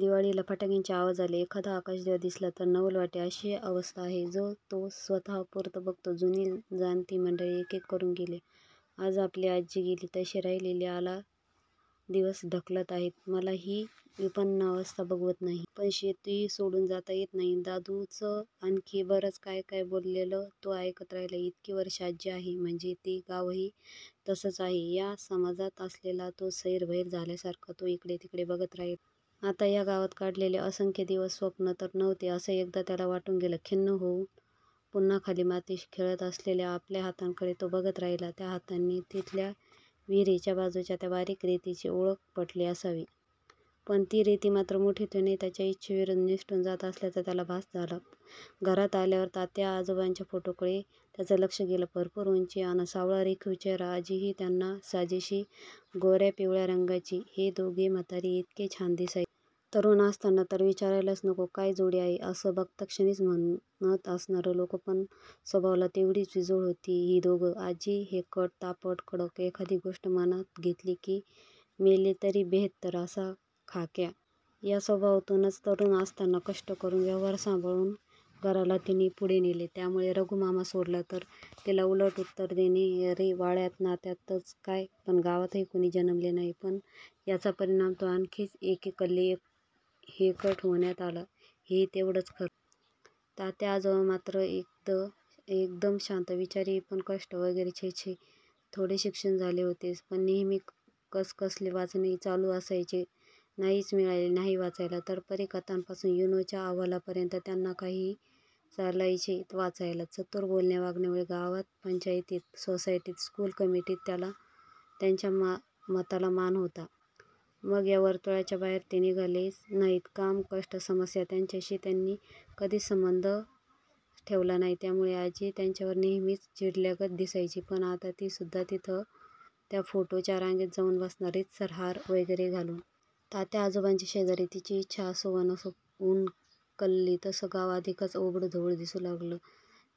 दिवाळीला फटाक्यांचे आवाज आले, एखादा आकाशदिवा दिसला, तर नवल वाटावे अशी अवस्था आहे. जो तो स्वत:पूरतं बघतो. जुनी-जाणती मंडळी एकेक करून गेली, आज आपली आजी गेली तशी. राहिलेली आला दिवस ढकलत आहेत. मलाही ही विपन्नावस्था बघवत नाही. पण शेती सोडून जाता येत नाही.. दादूचं आणखी बरंच काय काय बोललेलं तो ऐकत राहिला. इतकी वर्षे आजी आहे, म्हणजे, ते गावही तसंच आहे या समजात असलेला तो सैरभैर झाल्यासारखा तो इकडेतिकडे बघत राहिला. आता या गावात काढलेले असंख्य दिवस स्वप्न तर नव्हते असं एकदा त्याला वाटून गेलं. खिन्न होऊन पुन्हा खाली मातीशी खेळत असलेल्या आपल्या हातांकडे तो बघत राहिला. त्या हातांनाही तिथल्या विहिरीच्या बाजूच्या त्या बारीक रेतीची ओळख पटली असावी. पण ती रेती मात्र मुठीतून त्याच्या इच्छेविरूध्द निसटून जात असल्याचा त्याला भास झाला. घरात आल्यावर तात्याआजोबांच्या फोटोकडे त्याचं लक्ष गेलं. भरपूर उंची, अन सावळा रेखीव चेहेरा. आजीही त्यांना साजेशी. गोर्यापिवळ्या रंगाची. हे दोघे म्हातारे इतके छान दिसायचे. तरूण असताना तर विचारायलाच नको. काय जोडी आहे- असं बघताक्षणीच म्हणत असणार लोक. पण स्वभावाला तेवढीच विजोड होती ही दोघं. आजी हेकट, तापट, कडक. एखादी गोष्ट मनात घेतली की मेले तरी बेहेत्तर असा खाक्या. या स्वभावातूनच तरूण असताना कष्ट करून व्यवहार सांभाळून घराला तिने पुढे नेले. त्यामूळे रघूमामा सोडला, तर तिला उलट उत्तर देणारे वाड्यात, नात्यातच काय, पण गावातही कुणी जन्मले नाही! पण याचा परिणाम ती आणखीच एककल्ली, हेकट होण्यात झाला, हेही तेवढंच खरं. तात्या आजोबा मात्र एकदम शांत, विचारी. पण कष्ट वगैरे? छे-छे! थोडे शिक्षण झाले होतेच, पण नेहेमी कसकसले वाचनही चालू असायचे. नाहीच मिळाले काही वाचायला, तर परीकथांपासून युनोच्या अहवालापर्यंत त्यांना काहीही चालायचे वाचायला. चतूर बोलण्या वागण्यामूळे गावात, पंचायतीत, सोसायटीत, स्कूल कमिटीत त्यांच्या मताला मान होता. मग या वर्तूळाच्या बाहेर ते निघालेच नाहीत. काम, कष्ट, समस्या यांच्याशी त्यांनी कधी संबंधच ठेवला नाही. त्यामूळे आजी त्यांच्यावर नेहेमीच चिडल्यागत दिसायची. पण आता ती सुध्दा तिथं त्या फोटोंच्या रांगेत जाऊन बसणार. रीतसर हार वगैरे घालून. तात्याआजोबांच्या शेजारी. तिची इच्छा असो, नसो. ऊन्हं कलली, तसं गाव अधिकच ओबडधोबड दिसू लागलं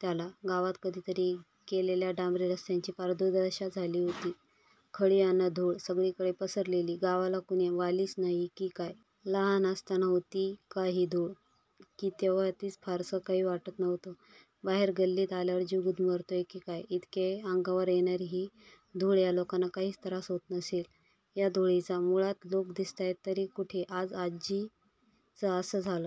त्याला. गावात कधीतरी केलेल्या डांबरी रस्त्यांची पार दुर्दशा झाली होती. खडी अन धुळ सगळीकडे पसरलेली. गावाला कुणी वालीच नाही की काय? लहान असताना होती का ही धूळ? की तेव्हा तिचं फारसं काही वाटत नव्हतं? बाहेर गल्लीत आल्यावर जीव गुदमरतोय की काय, इतकी अंगावर येणारी ही धुळ. या लोकांना काहीच त्रास होत नसेल या धुळीचा? मुळात लोक दिसताहेत तरी कुठे? आज आजीचं असं झालं--